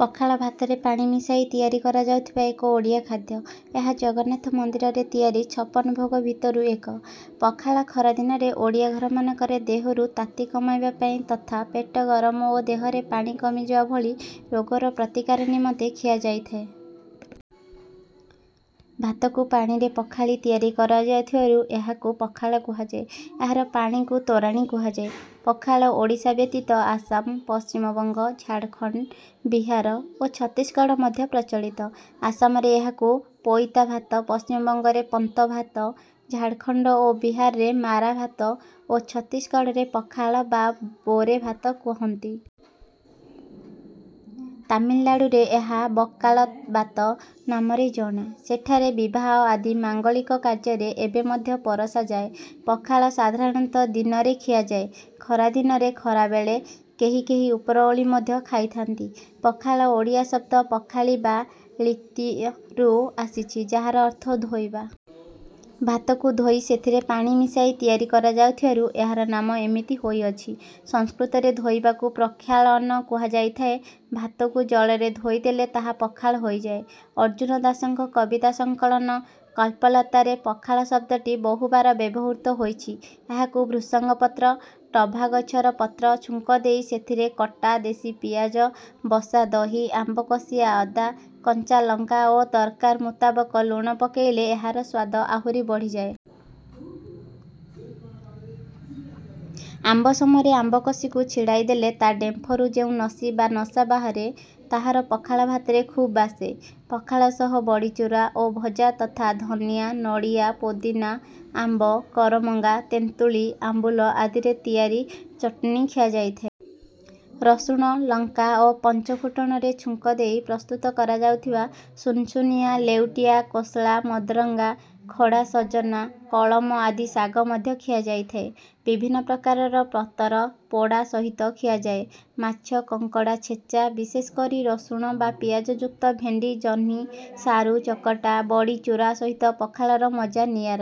ପଖାଳ ଭାତରେ ପାଣି ମିଶାଇ ତିଆରି କରାଯାଉଥିବା ଏକ ଓଡ଼ିଆ ଖାଦ୍ୟ। ଏହା ଜଗନ୍ନାଥ ମନ୍ଦିରରେ ତିଆରି ଛପନ ଭୋଗ ଭିତରୁ ଏକ। ପଖାଳ ଖରା ଦିନରେ ଓଡ଼ିଆ ଘରମାନଙ୍କରେ ଦେହରୁ ତାତି କମାଇବା ପାଇଁ ତଥା ପେଟ ଗରମ ଓ ଦେହରେ ପାଣି କମିଯିବା ଭଳି ରୋଗର ପ୍ରତିକାର ନିମନ୍ତେ ଖିଆଯାଇଥାଏ। ଭାତକୁ ପାଣିରେ ପଖାଳି ତିଆରି କରାଯାଉଥିବାରୁ ଏହାକୁ ପଖାଳ କୁହାଯାଏ। ଏହାର ପାଣିକୁ ତୋରାଣି କୁହାଯାଏ। ପଖାଳ ଓଡ଼ିଶା ବ୍ୟତୀତ ଆସାମ, ପଶ୍ଚିମ ବଙ୍ଗ, ଝାଡ଼ଖଣ୍ଡ, ବିହାର ଓ ଛତିଶଗଡ଼ ମଧ୍ୟ ପ୍ରଚଳିତ। ଆସାମରେ ଏହାକୁ ପୋଇତା ଭାତ ପଶ୍ଚିମ ବଙ୍ଗରେ ପନ୍ତ ଭାତ, ଝାଡ଼ଖଣ୍ଡ ଓ ବିହାରରେ ମାରା ଭାତ ଓ ଛତିଶଗଡ଼ରେ ପଖାଳ ବା ବୋରେ ଭାତ କହନ୍ତି। ତାମିଲନାଡୁରେ ଏହା ବକାଳ ବାତ ନାମରେ ଜଣା। ସେଠାରେ ବିବାହ ଆଦି ମାଙ୍ଗଳିକ କାର୍ଯ୍ୟରେ ଏବେ ମଧ୍ୟ ପରଷା ଯାଏ। ପଖାଳ ସାଧାରଣତଃ ଦିନରେ ଖିଆଯାଏ। ଖରାଦିନରେ ଖରାବେଳେ, କେହି କେହି ଉପରଓଳି ମଧ୍ୟ ଖାଇଥାଆନ୍ତି। ପଖାଳ ଓଡ଼ିଆ ଶବ୍ଦ ପଖାଳିବା ାଳିତ ରୁ ଆସିଛି ଯାହାର ଅର୍ଥ ଧୋଇବା। ଭାତକୁ ଧୋଇ ସେଥିରେ ପାଣି ମିଶାଇ ତିଆରି କରାଯାଉଥିବାରୁ ଏହାର ନାମ ଏମିତି ହୋଇଅଛି। ସଂସ୍କୃତରେ ଧୋଇବାକୁ ପ୍ରକ୍ଷାଳନ କୁହାଯାଇଥାଏ। ଭାତକୁ ଜଳରେ ଧୋଇଦେଲେ ତାହା ପଖାଳ ହୋଇଯାଏ। ଅର୍ଜୁନ ଦାସଙ୍କ କବିତା ସଙ୍କଳନ କଳ୍ପଲତା ରେ ପଖାଳ ଶବ୍ଦଟି ବହୁବାର ବ୍ୟବହୃତ ହୋଇଛି। ଏହାକୁ ଭୃସଙ୍ଗ ପତ୍ର, ଟଭାଗଛର ପତ୍ର ଛୁଙ୍କ ଦେଇ ସେଥିରେ କଟା ଦେଶୀ ପିଆଜ, ବସାଦହି, ଆମ୍ବକସିଆ ଅଦା, କଞ୍ଚାଲଙ୍କା ଓ ଦରକାର ମୁତାବକ ଲୁଣ ପକାଇଲେ ଏହାର ସ୍ୱାଦ ଆହୁରି ବଢ଼ିଯାଏ। ଆମ୍ବ ସମୟରେ ଆମ୍ବ କଷିକୁ ଛିଡ଼ାଇଦେଲେ ତା' ଡେମ୍ଫରୁ ଯେଉଁ ନସି ବା ନସା ବାହାରେ ତାହା ପଖାଳ ଭାତରେ ଖୁବ୍ ବାସେ। ପଖାଳ ସହ ବଡ଼ିଚୁରା ଓ ଭଜା ତଥା ଧନିଆ, ନଡ଼ିଆ, ପୋଦିନା, ଆମ୍ବ, କରମଙ୍ଗା ତେନ୍ତୁଳି ଆମ୍ବୁଲ ଆଦିରେ ତିଆରି ଚଟଣି ଖିଆଯାଇଥାଏ। ରସୁଣ, ଲଙ୍କା ଓ ପଞ୍ଚୁ ଫୁଟଣରେ ଛୁଙ୍କଦେଇ ପ୍ରସ୍ତୁତ କରାଯାଇଥିବା ସୁନୁସୁନିଆ ଲେଉଟିଆ କୋଶଳା, ମଦରଙ୍ଗା ଖଡ଼ା ସଜନା, କଳମ ଆଦି ଶାଗ ମଧ୍ୟ ଖିଆଯାଇଥାଏ। ବିଭିନ୍ନ ପ୍ରକାରର ପତର ପୋଡ଼ା ସହିତ ଖିଆଯାଏ। ମାଛ, କଙ୍କଡ଼ା ଛେଚା, ବିଶେଷ କରି ରସୁଣ ବା ପିଆଜ ଯୁକ୍ତ ଭେଣ୍ଡି, ଜହ୍ନି, ସାରୁ ଚକଟା, ବଡ଼ିଚୁରା ସହିତ ପଖାଳର ମଜା ନିଆରା।